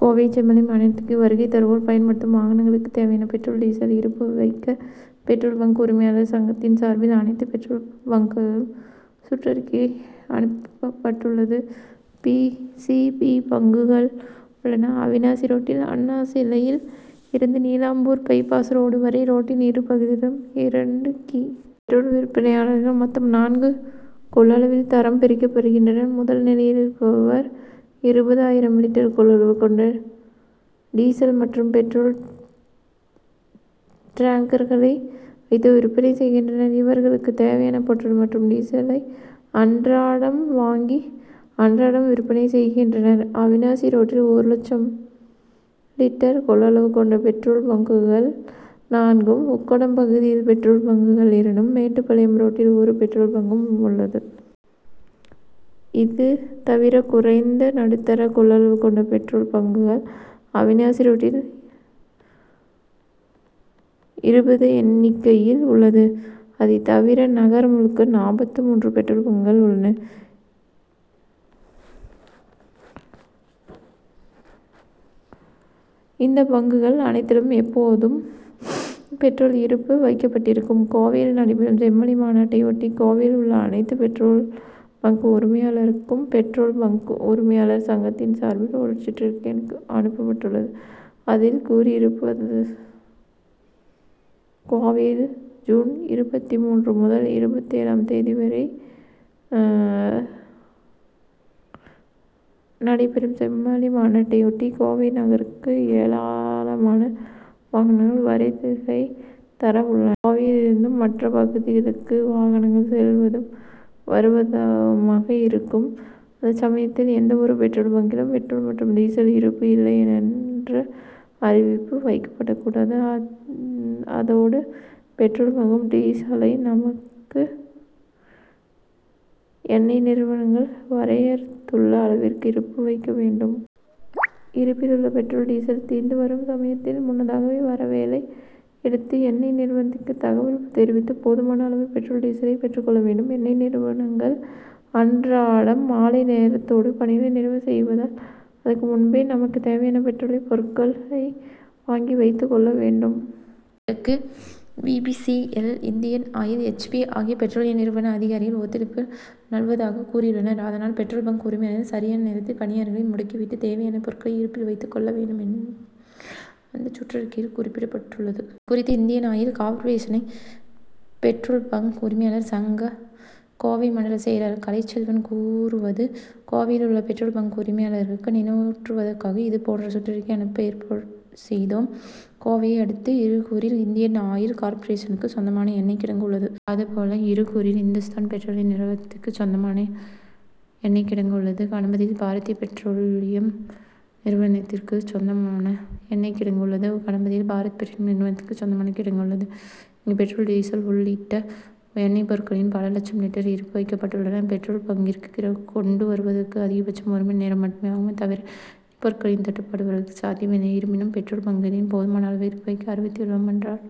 கோவை செம்மொழி மாநாட்டிற்கு வருகை தருவோர் பயன்படுத்தும் வாகனங்களுக்கு தேவையான பெட்ரோல், டீசலை இருப்பு வைக்க பெட்ரோல் பங்க் உரிமையாளர் சங்கத்தின் சார்பில் அனைத்து பெட்ரோல் பங்க்குகளுக்கும் சுற்றறிக்கை அனுப்பப்பட்டுள்ளது. பி. சி. பி.பங்குகள் உள்ளன. அவிநாசி ரோட்டில் அண்ணாசிலையில் இருந்து நீலம்பூர் பை பாஸ் ரோடு வரை ரோட்டின் இரு பகுதிகளிலும், இரண்டு கி. பெட்ரோல் விற்பனையாளர்கள் மொத்தம் நான்கு கொள்ளளவுகளில் தரம் பிரிக்கப்படுகின்றனர். முதல் நிலையில் இருப்பவர்கள் இருபது ஆயிரம் லிட்டர் கொள்ளளவு கொண்ட டீசல் மற்றும் பெட்ரோல் டேங்கர்களை வைத்து விற்பனை செய்கின்றனர். இவர்களுக்கு தேவையான பெட்ரோல் மற்றும் டீசலை அன்றாடம் வாங்கி அன்றாடம் விற்பனை செய்கின்றனர். அவிநாசி ரோட்டில் ஒரு லட்சம் லிட்டர் கொள்ளளவு கொண்ட பெட்ரோல் பங்குகள் நான்கும், உக்கடம் பகுதியில் பெட்ரோல் பங்குகள் இரண்டும், மேட்டுப்பாளையம் ரோட்டில் ஒரு பெட்ரோல் பங்கும் உள்ளது. இது தவிர குறைந்த, நடுத்தர கொள்ளளவு கொண்ட பெட்ரோல் பங்குகள் அவிநாசிரோட்டில் இருபது எண்ணிக்கையில் உள்ளது. அது தவிர நகர் முழுக்க நாற்பத்து மூன்று பெட்ரோல் பங்குகள் உள்ளன. இந்த பங்குகள் அனைத்திலும் எப்போதும் பெட்ரோல் இருப்பு வைக்கப்பட்டிருக்கும். கோவையில் நடைபெறும் செம்மொழி மாநாட்டையொட்டி கோவையில் உள்ள அனைத்து பெட்ரோல் பங்க் உரிமையாளருக்கும், பெட்ரோல் பங்க் உரிமையாளர் சங்கத்தின் சார்பில் ஒரு சுற்றறிக்கை அனுப்பப்பட்டுள்ளது அதில் கூறியிருப்பதாவது: கோவையில் ஜூன் இருபத்துமூன்று முதல் இருபத்தேழாம் தேதி வரை நடைபெறும் செம்மொழி மாநாட்டையொட்டி, கோவை நகருக்கு ஏராளமான வாகனங்கள் வருகை தர உள்ளன. கோவையில் இருந்தும் மற்ற பகுதிகளுக்கு வாகனங்கள் செல்வதும் வருவதுமாக இருக்கும். அந்த சமயங்களில் எந்த ஒரு பெட்ரோல் பங்க்கிலும் பெட்ரோல் மற்றும் டீசல் இருப்பு இல்லை என்ற அறிவிப்பு வைக்கப்படக்கூடாது. அதோடு பெட்ரோல் மற்றும் டீசலை நமக்கு எண்ணெய் நிறுவனங்கள் வரையறுத்துள்ள அளவிற்கு இருப்பு வைக்க வேண்டும். இருப்பிலுள்ள பெட்ரோல், டீசல் தீர்ந்து வரும் சமயத்தில் முன்னதாகவே வரைவோலை எடுத்து எண்ணெய் நிறுவனத்திற்கு தகவல் தெரிவித்து போதுமான அளவு பெட்ரோல் டீசலை பெற்றுக்கொள்ள வேண்டும். எண்ணெய் நிறுவனங்கள் அன்றாடம் மாலை நேரத்தோடு பணிகளை நிறைவு செய்வதால், அதற்கு முன்பே நமக்கு தேவையான பெட்ரோலிய பொருட்களை வாங்கி வைத்துக் கொள்ளவேண்டும். இதற்கு B. P. C. L., Indian Oil, H. P., ஆகிய பெட்ரோலிய நிறுவன அதிகாரிகள் ஒத்துழைப்பு நல்குவதாக கூறியுள்ளனர். அதனால் பெட்ரோல் பங்க் உரிமையாளர்கள் சரியான நேரத்தில் பணியாளர்களை முடுக்கிவிட்டு தேவையான பொருட்களை இருப்பில் வைத்துக்கொள்ள வேண்டும், என்று அந்த சுற்றறிக்கையில் குறிப்பிட்டுள்ளது. இது குறித்து Indian Oil Corporation petrol bunk உரிமையாளர் சங்க, கோவை மண்டல செயலாளர் கலைச்செல்வன் கூறியதாவது: கோவையில் உள்ள பெட்ரோல் பங்க் உரிமையாளர்களுக்கு நினைவூட்டுவதற்காகவே இது போன்ற சுற்றறிக்கை அனுப்ப ஏற்பாடுசெய்தோம். கோவையை அடுத்த இருகூரில் இந்தியன் ஆயில் கார்பரேஷனுக்கு சொந்தமான எண்ணெய்கிடங்கு உள்ளது. அதே போல இருகூரில் இந்துஸ்தான் பெட்ரோலியம் நிறுவனத்திற்கு சொந்தமான எண்ணெய் கிடங்கு உள்ளது. கணபதியில் பாரத்பெட்ரோலியம் நிறுவனத்திற்கு சொந்தமான கிடங்கு உள்ளது. இங்கு பெட்ரோல், டீசல் உள்ளிட்ட எண்ணெய் பொருட்கள் பல லட்சம் லிட்டர்கள் இருப்பு வைக்கப்பட்டுள்ளன. பெட்ரோல் பங்க்கிற்கு கொண்டு வருவதற்கு அதிகபட்சம் ஒரு மணி நேரம் மட்டுமே ஆகுமே தவிர, எண்ணெய் பொருட்களுக்கு தட்டுப்பாடு வருவதற்கு சாத்தியமே இல்லை. இருப்பினும் பெட்ரோல் பங்க்குகளில் போதுமான அளவு இருப்பு வைக்க அறிவுறுத்தியுள்ளோம் என்றார்.